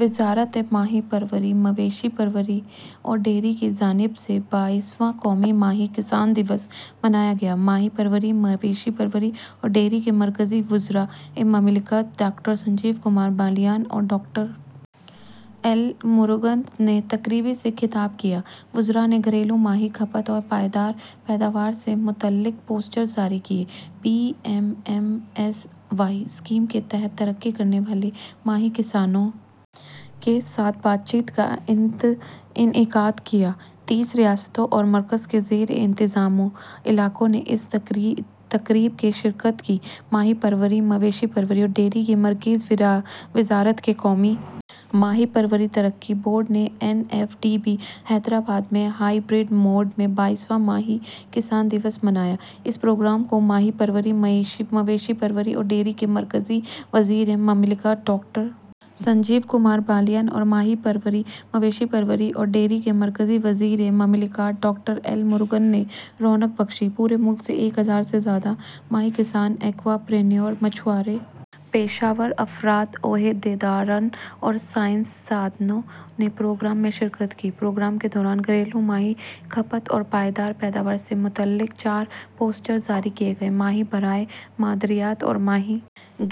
وزارت ماہی پروری مویشی پروری اور ڈیری کی جانب سے بائیسواں قومی ماہی کسان دن منایا گیا ماہی پروری مویشی پروری اور ڈیری کے مرکزی وزرائے مملکت ڈاکٹر سنجیو کمار بالیان اور ڈاکٹر ایل مروگن نے تقریب سے خطاب کیا وزرا نے گھریلو ماہی کھپت اور پائیدار پیداوار سے متعلق پوسٹرز جاری کیے P M M S Y scheme کے تحت ترقی کرنے والے ماہی کسانوں کے ساتھ بات چیت کا انعقاد کیا گیا تیس ریاستوں اور مرکز کے زیر انتظام علاقوں نے اس تقریب میں شرکت کی ماہی پروری مویشی پروری اور ڈیری کی مرکزی وزارت کے قومی ماہی پروری ترقی بورڈ نے N F D B Hyderabad میں ہائبرڈ موڈ میں بائیسواں ماہی کسان دن منایا اس پروگرام کو ماہی پروری مویشی پروری اور ڈیری کے مرکزی وزیر مملکت ڈاکٹر سنجیو کمار بالیان اور ماہی پروری مویشی پروری اور ڈیری کے مرکزی وزیر مملکت ڈاکٹر ایل مروگن نے رونق بخشی پورے ملک سے ایک ہزار سے زیادہ ماہی کسان ایکوا پرینیور ماہی گیر پیشہ ور افراد عہدے داران اور سائنسدانوں نے پروگرام میں شرکت کی پروگرام کے دوران گھریلو ماہی کھپت اور پائیدار پیداوار سے متعلق چار پوسٹرز جاری کیے گئے ماہی برائے مادریت اور ماہی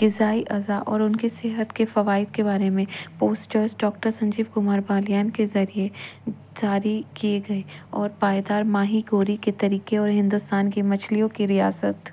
غذائی اجزا اور ان کی صحت کے فوائد کے بارے میں پوسٹرز ڈاکٹر سنجیو کمار بالیان کے ذریعہ جاری کیے گئے اور پائیدار ماہی گیری کے طریقے اور ہندوستان کی مچھلیوں کی ریاست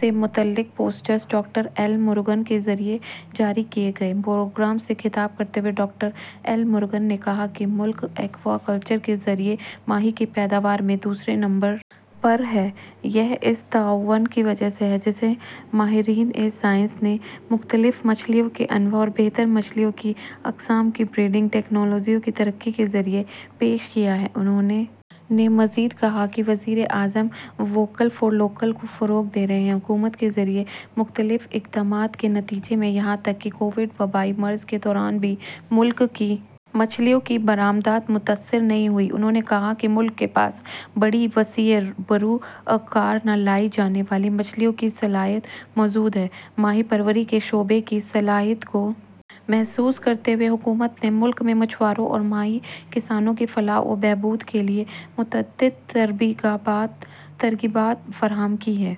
سے متعلق پوسٹرز ڈاکٹر ایل مروگن کے ذریعہ جاری کیے گئے پروگرام سے خطاب کرتے ہوئے ڈاکٹر ایل مروگن نے کہا کہ ملک ایکوا کلچر کے ذریعہ ماہی کی پیداوار میں دوسرے نمبر پر ہے یہ اس تعاون کی وجہ سے ہے جسے ماہرین سائنس نے مختلف مچھلیوں کی انواع اور بہتر مچھلیوں کی اقسام کی بریڈنگ ٹیکنالوجیوں کی ترقی کے ذریعہ پیش کیا ہے انہوں نے مزید کہا کہ وزیر اعظم ووکل فار لوکل کو فروغ دے رہے ہیں حکومت کے ذریعہ مختلف اقدامات کے نتیجے میں یہاں تک کہ کووڈ وبائی مرض کے دوران بھی ملک کی مچھلیوں کی برآمدات متاثر نہیں ہوئی انہوں نے کہا کہ ملک کے پاس بڑی وسیع بروئے کار نہ لائی جانے والی مچھلیوں کی صلاحیت موجود ہے ماہی پروری کے شعبے کی صلاحیت کو محسوس کرتے ہوئے حکومت نے ملک میں ماہی گیروں اور ماہی کسانوں کی فلاح و بہبود کے لیے متعدد ترغیبات فراہم کی ہیں